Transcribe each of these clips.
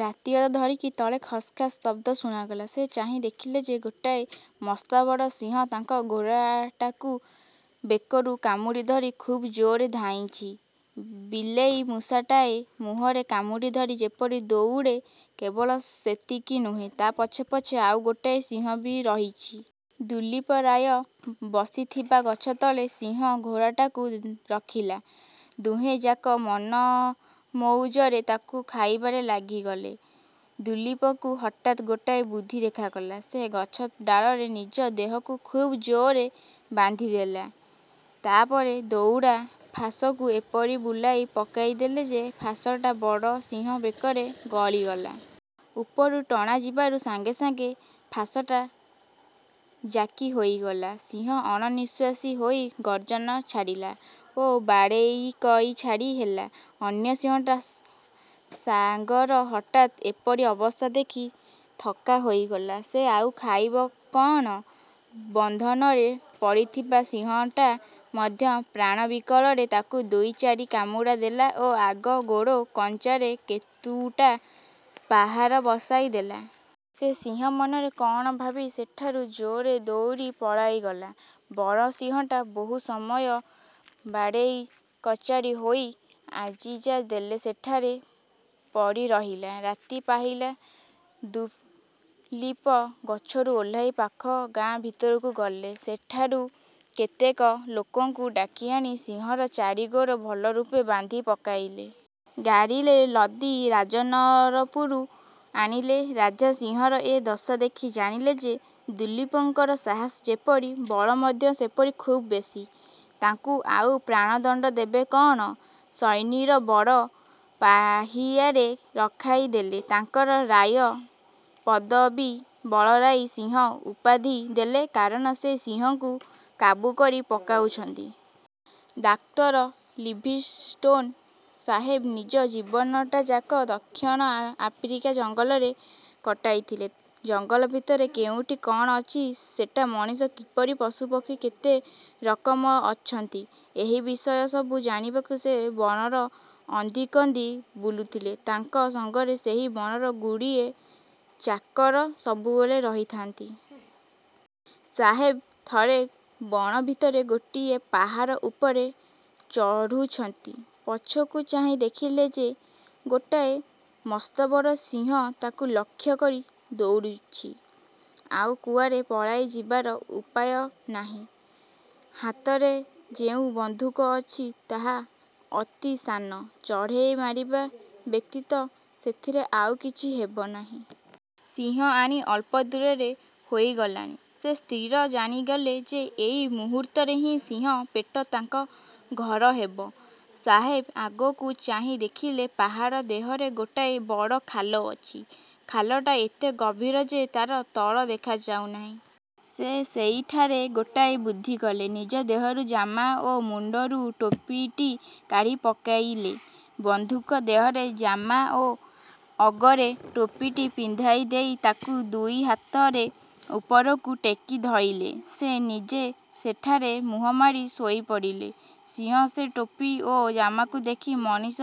ରାତି ଅଧ ସରିକି ତଳେ ଖସ୍ଖସ୍ ଶବ୍ଦ ଶୁଣାଗଲା। ସେ ଚାହିଁ ଦେଖିଲେ ଯେ, ଗୋଟାଏ ମସ୍ତବଡ଼ ସିଂହ ତାଙ୍କ ଘୋଡ଼ାଟାକୁ ବେକରୁ କାମୁଡ଼ି ଧରି ଖୁବ ଜୋରରେ ଧାଇଁଛି-ବିଲେଇ ମୂଷାଟାଏ ମୁହଁରେ କାମୁଡ଼ି ଧରି ଯେପରି ଦଉଡ଼େ। କେବଳ ସେତିକି ନୁହେଁ, ତା' ପଛେ ପଛେ ଆଉ ଗୋଟାଏ ସିଂହ ବି ରହିଛି। ଦୁଲୀପ ରାୟ ବସିଥିବା ଗଛତଳେ ସିଂହ ଘୋଡ଼ାଟାକୁ ରଖିଲା। ଦୁହେଁଯାକ ମନମଉଜରେ ତାକୁ ଖାଇବାରେ ଲାଗିଗଲେ। ଦୁଲୀପଙ୍କୁ ହଠାତ୍ ଗୋଟାଏ ବୁଦ୍ଧି ଦେଖାଗଲା। ସେ ଗଛ ଡାଳରେ ନିଜ ଦେହକୁ ଖୁବ୍ ଜୋରରେ ବାନ୍ଧିଦେଲେ। ତା'ପରେ ଦଉଡ଼ା ଫାଶକୁ ଏପରି ବୁଲାଇ ପକାଇଦେଲେ ଯେ, ଫାଶଟା ବଡ଼ ସିଂହ ବେକରେ ଗଳିଗଲା। ଉପରୁ ଟଣା ଯିବାରୁ ସାଙ୍ଗେ ସାଙ୍ଗେ ଫାଶଟା ଜାକି ହୋଇଗଲା-। ସିଂହ ଅଣନିଃଶ୍ଵାସୀ ହୋଇ ଗର୍ଜନ ଛାଡ଼ିଲା ଓ ବାଡ଼େଇକଚାଡ଼ି ହେଲା। ଅନ୍ୟ ସିଂହଟା ସାଙ୍ଗର ହଠାତ୍ ଏପରି ଅବସ୍ଥା ଦେଖି ଥକା ହୋଇଗଲା। ସେ ଆଉ ଖାଇବ କଅଣ? ବନ୍ଧନରେ ପଡ଼ିଥିବା ସିଂହଟା ମଧ୍ୟ ପ୍ରାଣବିକଳରେ ତାକୁ ଦୁଇ ଚାରି କାମୁଡ଼ା ଦେଲା ଓ ଆଗ ଗୋଡ଼ ପଞ୍ଝାରେ କେତୁଟା ପାହାର ବସାଇ ଦେଲା। ସେ ସିଂହ ମନରେ କଅଣ ଭାବି ସେଠାରୁ ଜୋରରେ ଦଉଡ଼ି ପଳାଇଗଲା। ବଡ଼ ସିଂହଟା ବହୁ ସମୟ ବାଡ଼େଇ କଚାଡ଼ି ହୋଇ ଆଲିଜା ଦେଇ ସେଠାରେ ପଡ଼ିରହିଲା। ରାତି ପାହିଲା, ଦୁଲୀପ ଗଛରୁ ଓହ୍ଲାଇ ପାଖ ଗାଁ ଭିତରକୁ ଗଲେ। ସେଠାରୁ କେତେକ ଲୋକଙ୍କୁ ଡାକିଆଣି ସିଂହର ଚାରି ଗୋଡ଼ ଭଲ ରୂପେ ବାନ୍ଧି ପକାଇଲେ। ଗାଡ଼ିରେ ଲଦି ରାଜନଅରକୁ ଆଣିଲେ। ରାଜା ସିଂହର ଏ ଦଶା ଦେଖି ଜାଣିଲେ ଯେ, ଦୁଲୀପଙ୍କର ସାହସ ଯେପରି, ବଳ ମଧ୍ୟ ସେହିପରି ଖୁବ୍ ବେଶୀ। ତାଙ୍କୁ ଆଉ ପ୍ରାଣଦଣ୍ଡ ଦେବେ କଅଣ; ସୈନ୍ୟର ବଡ଼ ପାହିଆରେ ରଖାଇ ଦେଲେ। ତାଙ୍କର ''ରାୟ'' ପଦବୀ ବଦଳାଇ ''ସିଂହ'' ଉପାଧି ଦେଲେ-କାରଣ ସେ ସିଂହକୁ କାବୁ କରି ପକାଇଛନ୍ତି। ଡାକ୍ତର ଲିଭିଂଷ୍ଟୋନ ସାହେବ ନିଜ ଜୀବନଟାଯାକ ଦକ୍ଷିଣ ଆଫ୍ରିକା ଜଙ୍ଗଲରେ କଟାଇଥିଲେ। ଜଙ୍ଗଲ ଭିତରେ କେଉଁଠି କଅଣ ଅଛି, ସେଠା ମଣିଷ କିପରି, ପଶୁପକ୍ଷୀ କେତେ ରକମର ଅଛନ୍ତି-ଏହି ବିଷୟସବୁ ଜାଣିବାକୁ ସେ ବଣର ଅନ୍ଦିକନ୍ଦି ବୁଲୁଥିଲେ। ତାଙ୍କ ସଙ୍ଗରେ ସେହି ବଣର ଗୁଡ଼ିଏ ଚାକର ସବୁବେଳେ ରହିଥାନ୍ତି। ସାହେବ ଥରେ ବଣ ଭିତରେ ଗୋଟିଏ ପାହାଡ଼ ଉପରେ ଚଢ଼ୁଛନ୍ତି-ପଛକୁ ଚାହିଁ ଦେଖିଲେ ଯେ, ଗୋଟାଏ ମସ୍ତବଡ଼ ସିଂହ ତାଙ୍କୁ ଲକ୍ଷ୍ୟ କରି ଦଉଡ଼ୁଛି। ଆଉ କୁଆଡ଼େ ପଳାଇ ଯିବାର ଉପାୟ ନାହିଁ। ହାତରେ ଯେଉଁ ବନ୍ଧୁକ ଅଛି, ତାହା ଅତି ସାନ-ଚଢ଼େଇ ମାରିବା ବ୍ୟତୀତ ସେଥିରେ ଆଉ କିଛି ହେବ ନାହିଁ। ସିଂହ ଆସି ଅଳ୍ପ ଦୂରରେ ହୋଇଗଲାଣି। ସେ ସ୍ଥିର ଜାଣିଗଲେ ଯେ, ଏଇ ମୁହୂର୍ତ୍ତରେ ହିଁ ସିଂହ ପେଟ ତାଙ୍କ ଘର ହେବ। ସାହେବ ଆଗକୁ ଚାହିଁ ଦେଖିଲେ; ପାହାଡ଼ ଦେହରେ ଗୋଟାଏ ବଡ଼ ଖାଲ ଅଛି। ଖାଲଟା ଏତେ ଗହୀର ଯେ, ତା'ର ତଳ ଦେଖାଯାଉନାହିଁ। ସେ ସେଇଠାରେ ଗୋଟାଏ ବୁଦ୍ଧି କଲେ। ନିଜ ଦେହରୁ ଜାମା ଓ ମୁଣ୍ଡରୁ ଟୋପିଟି କାଢ଼ି ପକାଇଲେ। ବନ୍ଧୁକ ଦେହରେ ଜାମା ଓ ଅଗରେ ଟୋପିଟି ପିନ୍ଧାଇ ଦେଇ ତାକୁ ଦୁଇ ହାତରେ ଉପରକୁ ଟେକି ଧଇଲେ। ସେ ନିଜେ ସେଠାରେ ମୁହଁମାଡ଼ି ଶୋଇପଡ଼ିଲେ। ସିଂହ ସେ ଟୋପି ଓ ଜାମାକୁ ଦେଖି ମଣିଷ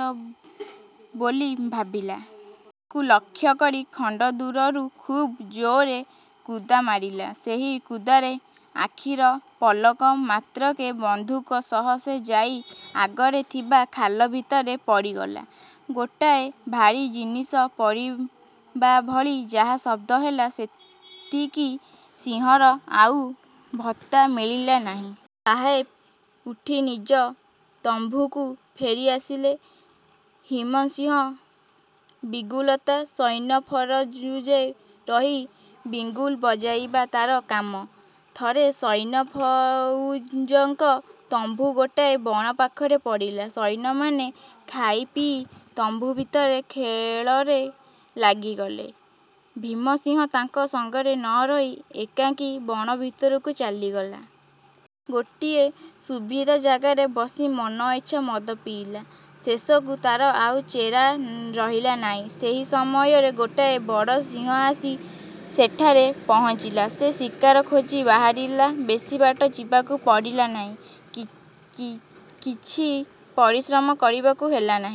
ବୋଲି ଭାବିଲା। ତାକୁ ଲକ୍ଷ୍ୟକରି ଖଣ୍ଡଦୂରରୁ ଖୁବ୍ ଜୋରରେ କୁଦା ମାରିଲା। ସେହି କୁଦାରେ ଆଖିର ପଲକ ମାତ୍ରକେ ବନ୍ଧୁକ ସହ ସେ ଯାଇ ଆଗରେ ଥିବା ଖାଲ ଭିତରେ ପଡ଼ିଗଲା। ଗୋଟାଏ ଭାରୀ ଜିନିଷ ପଡ଼ିବାଭଳି ଯାହା ଶବ୍ଦ ହେଲା, ସେତିକି-ସିଂହର ଆଉ ପତ୍ତା ମିଳିଲା ନାହିଁ। ସାହେବ ଉଠି ନିଜ ତମ୍ବୁକୁ ଫେରିଆସିଲେ। ଭୀମସିଂହ ବିଗୁଲଦ। ସୈନ୍ୟଫଉଜରେ ରହି ବିଗୁଲ୍ ବଜାଇବା ତା'ର କାମ। ଥରେ ସୈନ୍ୟଫଉଜଙ୍କ ତମ୍ବୁ ଗୋଟାଏ ବଣ ପାଖରେ ପଡ଼ିଲା। ସୈନ୍ୟମାନେ ଖାଇପିଇ ତମ୍ବୁ ଭିତରେ ଖେଳରେ ଲାଗିଗଲେ। ଭୀମ ସିଂହ ତାଙ୍କ ସଙ୍ଗରେ ନ ରହି ଏକାକୀ ବଣ ଭିତରକୁ ଚାଲିଗଲା। ଗୋଟିଏ ସୁବିଧା ଜାଗାରେ ବସି ମନଇଚ୍ଛା ମଦ ପିଇଲା। ଶେଷକୁ ତା'ର ଆଉ ଚେତା ରହିଲା ନାହିଁ। ସେହି ସମୟରେ ଗୋଟାଏ ବଡ଼ ସିଂହ ଆସି ସେଠାରେ ପହଞ୍ଚିଲା। ସେ ଶିକାର ଖୋଜି ବାହାରିଥିଲା। ବେଶୀ ବାଟ ଯିବାକୁ ପଡ଼ିଲା ନାହିଁ କି କିଛି ପରିଶ୍ରମ କରିବାକୁ ହେଲା ନାହିଁ-।